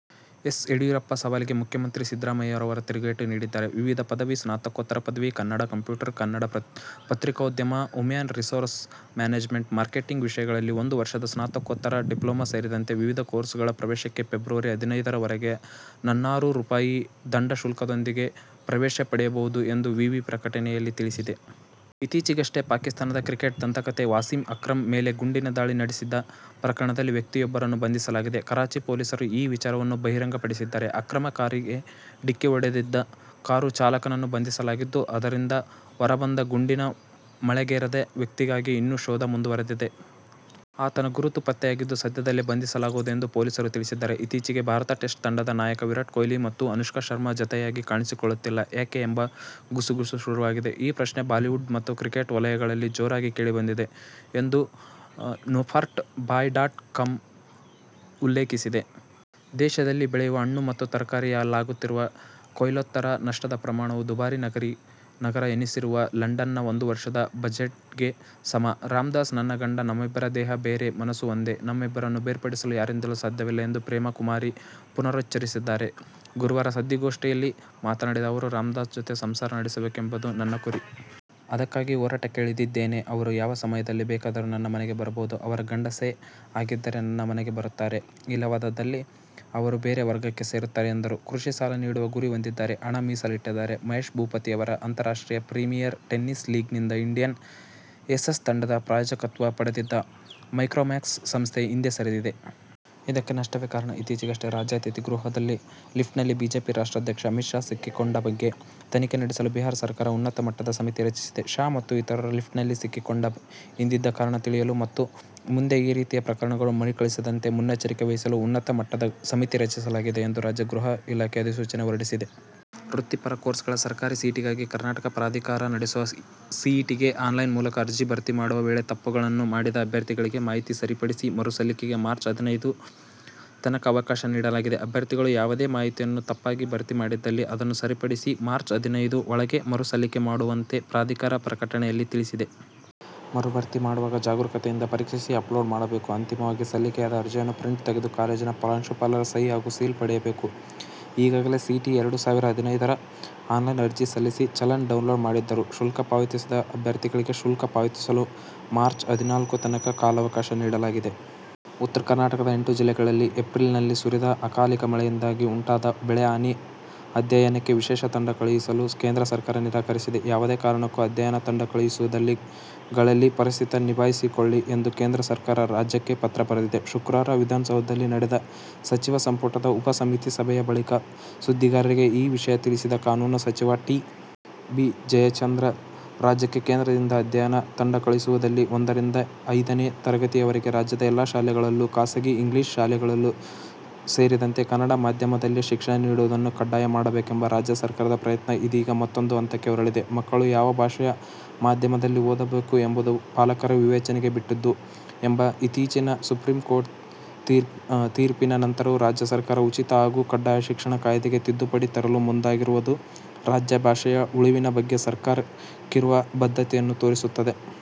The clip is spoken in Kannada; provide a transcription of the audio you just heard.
ಎಸ್. ಯಡಿಯೂರಪ್ಪ ಸವಾಲಿಗೆ ಮುಖ್ಯಮಂತ್ರಿ ಸಿದ್ದರಾಮಯ್ಯ ತಿರುಗೇಟು ನೀಡಿದ್ದಾರೆ. ವಿವಿಧ ಪದವಿ, ಸ್ನಾತಕೋತ್ತರ ಪದವಿ, ಕನ್ನಡ ಕಂಪ್ಯೂಟರ್, ಕನ್ನಡ ಪತ್ರಿಕೋದ್ಯಮ, ಹ್ಯೂಮನ್ ರಿಸೋರ್ಸ್ ಮ್ಯಾನೇಜ್ಮೆಂಟ್, ಮಾರ್ಕೆಟಿಂಗ್ ವಿಷಯಗಳಲ್ಲಿ ಒಂದು ವರ್ಷದ ಸ್ನಾತಕೋತ್ತರ ಡಿಪ್ಲೊಮಾ ಸೇರಿದಂತೆ ವಿವಿಧ ಕೋರ್ಸುಗಳ ಪ್ರವೇಶಕ್ಕೆ ಫೆಬ್ರವರಿ ಹದಿನೈದು ರವರೆಗೂ ನನ್ನೂರು ರೂಪಾಯಿ ದಂಡಶುಲ್ಕದೊಂದಿಗೆ ಪ್ರವೇಶ ಪಡೆಯಬಹುದು ಎಂದು ವಿವಿ ಪ್ರಕಟನೆಯಲ್ಲಿ ತಿಳಿಸಿದೆ. ಇತ್ತೀಚೆಗಷ್ಟೇ ಪಾಕಿಸ್ತಾನದ ಕ್ರಿಕೆಟ್ ದಂತಕಥೆ ವಾಸಿಂ ಅಕ್ರಂ ಮೇಲೆ ಗುಂಡಿನ ದಾಳಿ ನಡೆಸಿದ್ದ ಪ್ರಕರಣದಲ್ಲಿ ವ್ಯಕ್ತಿಯೊಬ್ಬರನ್ನು ಬಂಧಿಸಲಾಗಿದೆ. ಕರಾಚಿ ಪೊಲೀಸರು ಈ ವಿಚಾರವನ್ನು ಬಹಿರಂಗಪಡಿಸಿದ್ದಾರೆ. ಅಕ್ರಂ ಕಾರಿಗೆ ಡಿಕ್ಕಿ ಹೊಡೆದಿದ್ದ ಕಾರು ಚಾಲಕನನ್ನು ಬಂಧಿಸಲಾಗಿದ್ದು, ಅದರಿಂದ ಹೊರಬಂದು ಗುಂಡಿನ ಮಳೆಗರೆದ ವ್ಯಕ್ತಿಗಾಗಿ ಇನ್ನೂ ಶೋಧ ಮುಂದುವರಿದಿದೆ. ಆತನ ಗುರುತು ಪತ್ತೆಯಾಗಿದೆ, ಸದ್ಯದಲ್ಲೇ ಬಂಧಿಸಲಾಗುವುದು ಎಂದು ಪೊಲೀಸರು ತಿಳಿಸಿದ್ದಾರೆ. ಇತ್ತೀಚೆಗೆ ಭಾರತ ಟೆಸ್ಟ್ ತಂಡದ ನಾಯಕ ವಿರಾಟ್ ಕೊಹ್ಲಿ ಮತ್ತು ಅನುಷ್ಕಾ ಶರ್ಮಾ ಜತೆಯಾಗಿ ಕಾಣಿಸಿಕೊಳ್ಳುತ್ತಿಲ್ಲ ಯಾಕೆ ಎಂಬ ಗುಸುಗುಸು ಶುರುವಾಗಿದೆ. ಈ ಪ್ರಶ್ನೆ ಬಾಲಿವುಡ್ ಮತ್ತು ಕ್ರಿಕೆಟ್ ವಲಯಗಳಲ್ಲಿ ಜೋರಾಗಿ ಕೇಳಿಬಂದಿದೆ ಎಂದು ನ್ಪೋರ್ಟ್ ಬಾಯ್ ಡಾಟ್ ಕಾಮ್ ಉಲ್ಲೇಖೀಸಿದೆ. ದೇಶದಲ್ಲಿ ಬೆಳೆಯುವ ಹಣ್ಣು ಮತ್ತು ತರಕಾರಿಯಲ್ಲಾಗುತ್ತಿರುವ ಕೊಯ್ಲೋತ್ತರ ನಷ್ಟದ ಪ್ರಮಾಣವು ದುಬಾರಿ ನಗರ ಎನಿಸಿರುವ ಲಂಡನ್ನ ಒಂದು ವರ್ಷದ ಬಜೆಟ್ಗೆ ಸಮ! "ರಾಮದಾಸ್ ನನ್ನ ಗಂಡ. ನಮ್ಮಿಬ್ಬರ ದೇಹ ಬೇರೆ ಮನಸ್ಸು ಒಂದೇ. ನಮ್ಮಿಬ್ಬರನ್ನು ಬೇರ್ಪಡಿಸಲು ಯಾರಿಂದಲೂ ಸಾಧ್ಯವಿಲ್ಲ' ಎಂದು ಪ್ರೇಮಕುಮಾರಿ ಪುನರುಚ್ಚರಿಸಿದ್ದಾರೆ. ಗುರುವಾರ ಸುದ್ದಿಗೋಷ್ಠಿಯಲ್ಲಿ ಮಾತನಾಡಿದ ಅವರು, ರಾಮದಾಸ್ ಜತೆ ಸಂಸಾರ ನಡೆಸಬೇಕೆಂಬುದು ನನ್ನ ಗುರಿ. ಅದಕ್ಕಾಗಿ ಹೋರಾಟಕ್ಕೆ ಇಳಿದಿದ್ದೇನೆ. ಅವರು ಯಾವ ಸಮಯದಲ್ಲಿ ಬೇಕಾದರೂ ನನ್ನ ಮನೆಗೆ ಬರಬಹುದು. ಅವರು ಗಂಡಸೇ ಆಗಿದ್ದರೆ ನನ್ನ ಮನೆಗೆ ಬರುತ್ತಾರೆ. ಇಲ್ಲವಾದಲ್ಲಿ ಅವರು ಬೇರೆ ವರ್ಗಕ್ಕೆ ಸೇರುತ್ತಾರೆ ಎಂದರು. ಕೃಷಿ ಸಾಲ ನೀಡುವ ಗುರಿ ಹೊಂದಿದ್ದಾರೆ. ಹಣ ಮೀಸಲಿಟ್ಟಿದ್ದಾರೆ. ಮಹೇಶ್ ಭೂಪತಿ ಅವರ ಅಂತಾರಾಷ್ಟ್ರೀಯ ಪ್ರೀಮಿಯರ್ ಟೆನಿಸ್ ಲೀಗ್ನಿಂದ ಇಂಡಿಯನ್ ಏಸಸ್ ತಂಡದ ಪ್ರಾಯೋಜಕತ್ವ ಪಡೆದಿದ್ದ ಮೈಕ್ರೋಮ್ಯಾಕ್ಸ್ ಸಂಸ್ಥೆ ಹಿಂದೆ ಸರಿದಿದೆ. ಇದಕ್ಕೆ ನಷ್ಟವೇ ಕಾರಣ. ಇತ್ತೀಚೆಗಷ್ಟೇ ರಾಜ್ಯ ಅತಿಥಿ ಗೃಹದ ಲಿಫ್ಟ್ನಲ್ಲಿ ಬಿಜೆಪಿ ರಾಷ್ಟ್ರಾಧ್ಯಕ್ಷ ಅಮಿತ್ ಶಾ ಸಿಕ್ಕಿಕೊಂಡ ಬಗ್ಗೆ ತನಿಖೆ ನಡೆಸಲು ಬಿಹಾರ ಸರ್ಕಾರ ಉನ್ನತ ಮಟ್ಟದ ಸಮಿತಿ ರಚಿಸಿದೆ. ಶಾ ಮತ್ತು ಇತರರು ಲಿಫ್ಟಿನಲ್ಲಿ ಸಿಕ್ಕಿಕೊಂಡ ಹಿಂದಿದ್ದ ಕಾರಣ ತಿಳಿಯಲು ಮತ್ತು ಮುಂದೆ ಈ ರೀತಿಯ ಪ್ರಕರಣಗಳು ಮರುಕಳಿಸದಂತೆ ಮುನ್ನೆಚ್ಚರಿಕೆ ವಹಿಸಲು, ಉನ್ನತ ಮಟ್ಟದ ಸಮಿತಿ ರಚಿಸಲಾಗಿದೆ ಎಂದು ರಾಜ್ಯ ಗೃಹ ಇಲಾಖೆ ಅಧಿಸೂಚನೆ ಹೊರಡಿಸಿದೆ. ವೃತ್ತಿಪರ ಕೋರ್ಸ್ಗಳ ಸರ್ಕಾರಿ ಸೀಟಿಗಾಗಿ ಕರ್ನಾಟಕ ಪ್ರಾಧಿಕಾರ ನಡೆಸುವ ಸಿಇಟಿಗೆ ಆನ್ಲೈನ್ ಮೂಲಕ ಅರ್ಜಿ ಭರ್ತಿ ಮಾಡುವ ವೇಳೆ ತಪ್ಪುಗಳನ್ನು ಮಾಡಿದ ಅಭ್ಯರ್ಥಿಗಳಿಗೆ ಮಾಹಿತಿ ಸರಿಪಡಿಸಿ ಮರು ಸಲ್ಲಿಕೆಗೆ ಮಾರ್ಚ್ ಹದಿನೈದು ತನಕ ಅವಕಾಶ ನೀಡಲಾಗಿದೆ. ಅಭ್ಯರ್ಥಿಗಳು ಯಾವುದೇ ಮಾಹಿತಿಯನ್ನು ತಪ್ಪಾಗಿ ಭರ್ತಿ ಮಾಡಿದ್ದಲ್ಲಿ ಅದನ್ನು ಸರಿಪಡಿಸಿ ಮಾರ್ಚ್ ಹದಿನೈದು ಒಳಗೆ ಮರು ಸಲ್ಲಿಕೆ ಮಾಡುವಂತೆ ಪ್ರಾಧಿಕಾರ ಪ್ರಕಟಣೆಯಲ್ಲಿ ತಿಳಿಸಿದೆ. ಮರುಭರ್ತಿ ಮಾಡುವಾಗ ಜಾಗರೂಕತೆಯಿಂದ ಪರೀಕ್ಷಿಸಿ, ಅಪ್ಲೋಡ್ ಮಾಡಬೇಕು. ಅಂತಿಮವಾಗಿ ಸಲ್ಲಿಕೆಯಾದ ಅರ್ಜಿಯ ಪ್ರಿಂಟ್ ತೆಗೆದು, ಕಾಲೇಜಿನ ಪ್ರಾಂಶುಪಾಲರ ಸಹಿ ಹಾಗೂ ಸೀಲು ಪಡೆಯಬೇಕು. ಈಗಾಗಲೇ ಸಿಇಟಿ-ಎರಡು ಸಾವಿರ ಹದಿನೈದು ರ ಆನ್ಲೈನ್ ಅರ್ಜಿ ಸಲ್ಲಿಸಿ, ಚಲನ್ ಡೌನ್ಲೋಡ್ ಮಾಡಿದ್ದರೂ ಶುಲ್ಕ ಪಾವತಿಸದ ಅಭ್ಯರ್ಥಿಗಳಿಗೆ ಶುಲ್ಕ ಪಾವತಿಸಲು ಮಾರ್ಚ್ರ ಹದಿನಾಲ್ಕು ತನಕ ಕಾಲಾವಕಾಶ ನೀಡಲಾಗಿದೆ. ಉತ್ತರ ಕರ್ನಾಟಕದ ಎಂಟು ಜಿಲ್ಲೆಗಳಲ್ಲಿ ಏಪ್ರಿಲ್ನಲ್ಲಿ ಸುರಿದ ಅಕಾಲಿಕ ಮಳೆಯಿಂದ ಉಂಟಾದ ಬೆಳೆ ಹಾನಿ ಅಧ್ಯಯನಕ್ಕೆ ವಿಶೇಷ ತಂಡ ಕಳಿಸಲು ಕೇಂದ್ರ ಸರ್ಕಾರ ನಿರಾಕರಿಸಿದೆ. ಯಾವುದೇ ಕಾರಣಕ್ಕೂ ಅಧ್ಯಯನ ತಂಡ ಕಳಿಸುವುದಿಲ್ಲ. ಗಳಲ್ಲಿ ಪರಿಸ್ಥಿತಿ ನಿಭಾಯಿಸಿಕೊಳ್ಳಿ ಎಂದು ಕೇಂದ್ರ ಸರ್ಕಾರ ರಾಜ್ಯಕ್ಕೆ ಪತ್ರ ಬರೆದಿದೆ. ಶುಕ್ರವಾರ ವಿಧಾನಸೌಧದಲ್ಲಿ ನಡೆದ ಸಚಿವ ಸಂಪುಟದ ಉಪ ಸಮಿತಿ ಸಭೆಯ ಬಳಿಕ ಸುದ್ದಿಗಾರರಿಗೆ ಈ ವಿಷಯ ತಿಳಿಸಿದ ಕಾನೂನು ಸಚಿವ ಟಿ. ಬಿ. ಜಯಚಂದ್ರ, ರಾಜ್ಯಕ್ಕೆ ಕೇಂದ್ರದಿಂದ ಅಧ್ಯಯನ ತಂಡ ಕಳಿಸುವುದಿಲ್ಲ. ಒಂದರಿಂದ ಐದನೇ ತರಗತಿಯವರೆಗೆ ರಾಜ್ಯದ ಎಲ್ಲಾ ಶಾಲೆಗಳಲ್ಲೂ, ಖಾಸಗಿ ಇಂಗ್ಲಿಷ್ ಶಾಲೆಗಳೂ ಸೇರಿದಂತೆ, ಕನ್ನಡ ಮಾಧ್ಯಮದಲ್ಲೇ ಶಿಕ್ಷಣ ನೀಡುವುದನ್ನು ಕಡ್ಡಾಯ ಮಾಡಬೇಕೆಂಬ ರಾಜ್ಯ ಸರ್ಕಾರದ ಪ್ರಯತ್ನ ಇದೀಗ ಮತ್ತೂಂದು ಹಂತಕ್ಕೆ ಹೊರಳಿದೆ. ಮಕ್ಕಳು ಯಾವ ಭಾಷೆಯ ಮಾಧ್ಯಮದಲ್ಲಿ ಓದಬೇಕು ಎಂಬುದು ಪಾಲಕರ ವಿವೇಚನೆಗೆ ಬಿಟ್ಟಿದ್ದು ಎಂಬ ಇತ್ತೀಚಿನ ಸುಪ್ರೀಂಕೋರ್ಟ್ ತೀರ್ಪಿನ ನಂತರವೂ ರಾಜ್ಯ ಸರ್ಕಾರ ಉಚಿತ ಹಾಗೂ ಕಡ್ಡಾಯ ಶಿಕ್ಷಣ ಕಾಯ್ದೆಗೆ ತಿದ್ದುಪಡಿ ತರಲು ಮುಂದಾಗಿರುವುದು ರಾಜ್ಯಭಾಷೆಯ ಉಳಿವಿನ ಬಗ್ಗೆ ಸರ್ಕಾರಕ್ಕಿರುವ ಬದ್ಧತೆಯನ್ನು ತೋರಿಸುತ್ತದೆ.